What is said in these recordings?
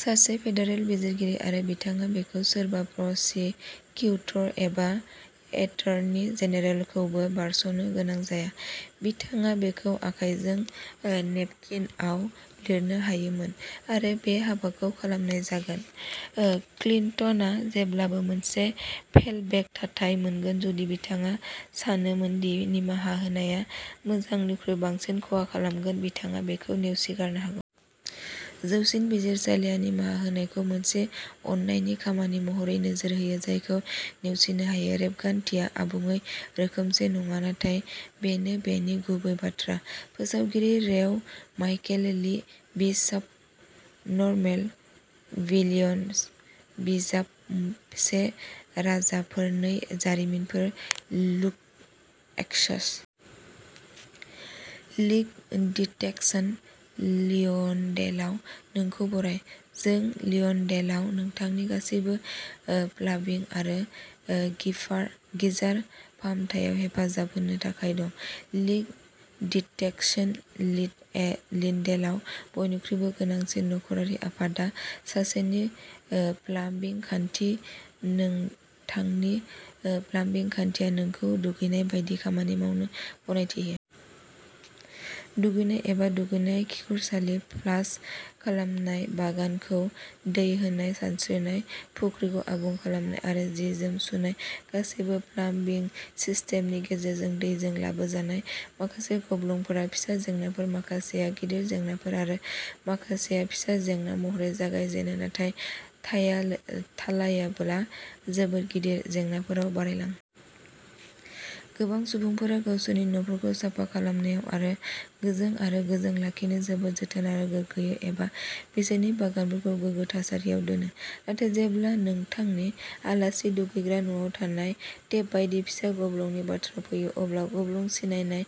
सासे फेडारेल बिजिरगिरि आरो बिथाङा बेखौ सोरबा प्रसिकिउटर एबा एटर्नी जेनेरेलखौबो बारस'नो गोनां जाया। बिथाङा बेखौ आखायजों नेपकिनआव लिरनो हायोमोन, आरो बे हाबाखौ खालामनाय जागोन। क्लिन्टना जेब्लाबो मोनसे फेलबेक थाथाय मोनगोन जुदि बिथाङा सानोमोन दि निमाहा होनाया मोजांनिख्रुइ बांसिन खहा खालामगोन बिथाङा बेखौ नेवसिगारनो हा। जौसिन बिजिरसालिया निमाहा होनायखौ मोनसे अननायनि खामानि महरै नोजोर होयो जायखौ नेवसिनो हायो। रेबगान्थिया आबुङै रोखोमसे नङा, नाथाय बेनो बेनि गुबै बाथ्रा। फोसावगिरि रेव माइकेल लि, बिशप नरमेल विलियम्स। बिजाब से राजाफोर, नै जारिमिनफोर, लुक, एकचस। लिक डिटेक्शन लिअन्डेलाव नोंखौ बराय, जों लिअन्डेलाव नोंथांनि गासैबो ओ प्लाम्बिं आरो गिपार गिजार फाहामनायाव हेफाजाब होनो थाखाय दं। लिक डिटेक्शन लिएन्डेलाव बयनिख्रुइबो गोनांसिन नखरारि आफादआ सासेनि प्लाम्बिं खान्थि। नोंथांनि प्लाम्बिं खान्थिया नोंखौ दुगैनाय बायदि खामानि मावनो गनायथि होयो। दुगैनाय एबा दुगैनाय, खिखरसालि फ्लास खालामनाय, बागानखौ दै होनाय, सानस्रिनाय फुख्रिखौ आबुं खालामनाय आरो जि-जोम सुनाय, गासैबो प्लाम्बिं सिस्टेमनि गेजेरजों दैजों लाबोजानाय। माखासे गब्लंफोरा फिसा जेंनाफोर, माखासेआ गिदिर जेंनाफोर, आरो माखासेया फिसा जेंना महरै जागायजेनो नाथाय थाया थालायोब्ला जोबोद गिदिर जेंनाफोराव बारायलाङो। गोबां सुबुंफोरा गावसोरनि न'फोरखौ साफा खालामनायाव आरो गोजों आरो गोजों लाखिनो जोबोद जोथोन आरो गोग्गायो, एबा बिसोरनि बागानफोरखौ गोगो थासारियाव दोनो, नाथाय जेब्ला नोंथांनि आलासि दुगैग्रा न'आव थानाय टेप बायदि फिसा गब्लंनि बाथ्रा फैयो, अब्ला गब्लं सिनायनाय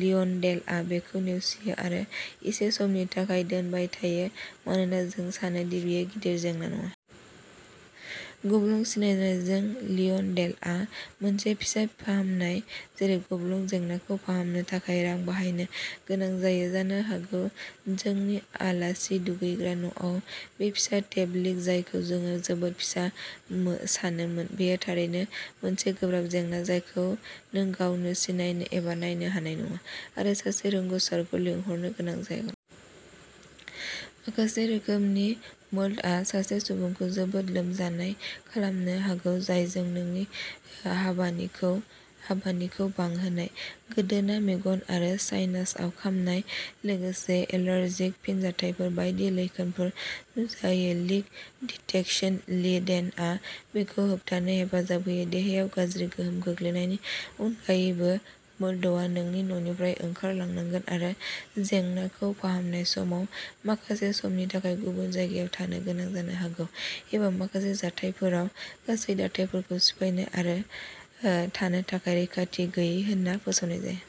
लिअन्डेलआ बेखौ नेवसियो आरो इसे समनि थाखाय दोनबाय थायो मानोना जों सानो दि बेयो गिदिर जेंना नङा। गब्लं सिनायनायजों लिअन्डेलआ मोनसे फिसा फाहामनाय जेरै गब्लं जेंनाखौ फाहामनो थाखाय रां बाहायनो गोनां जायो। जानो हागौ जोंनि आलासि दुगैग्रा न'आव बे फिसा टेप लिक, जायखौ जों जोबोद फिसा सानोमोन, बेयो थारैनो मोनसे गोब्राब जेंना जायखौ नों गावनो सिनायनो एबा नायनो हानाय नङा, आरो सासे रोंग'सारखौ लिंहरनो गोनां जागोन। माखासे रोखोमनि मोल्डआ सासे सुबुंखौ जोबोद लोमजानाय खालामनो हागौ, जायजों नोंनि हापानिखौ हापानिखौ बांहोनाय, गोदोना, मेगन आरो साइनासआव खामनाय, लोगोसे एलार्जिक फिनजाथायफोर बायदि लैखोनफोर नुजाहोयो, लिक डिटेक्शन लिडेनआ बेखौ होबथानो हेफाजाब होयो। देहायाव गाज्रि गोहोम गोग्लैनायनि अनगायैबो, मोल्डआ नोंनि न'निफ्राय ओंखारलांनांगौ आरो जेंनाखौ फाहामनाय समाव माखासे समनि थाखाय गुबुन जायगायाव थानो गोनां जानो हागौ, एबा माखासे जाथायफोराव गासै दाथाइखौबो सिफायनाय जायो आरो थानो थाखाय रैखाथि गैयै होनना फोसावनाय जायो।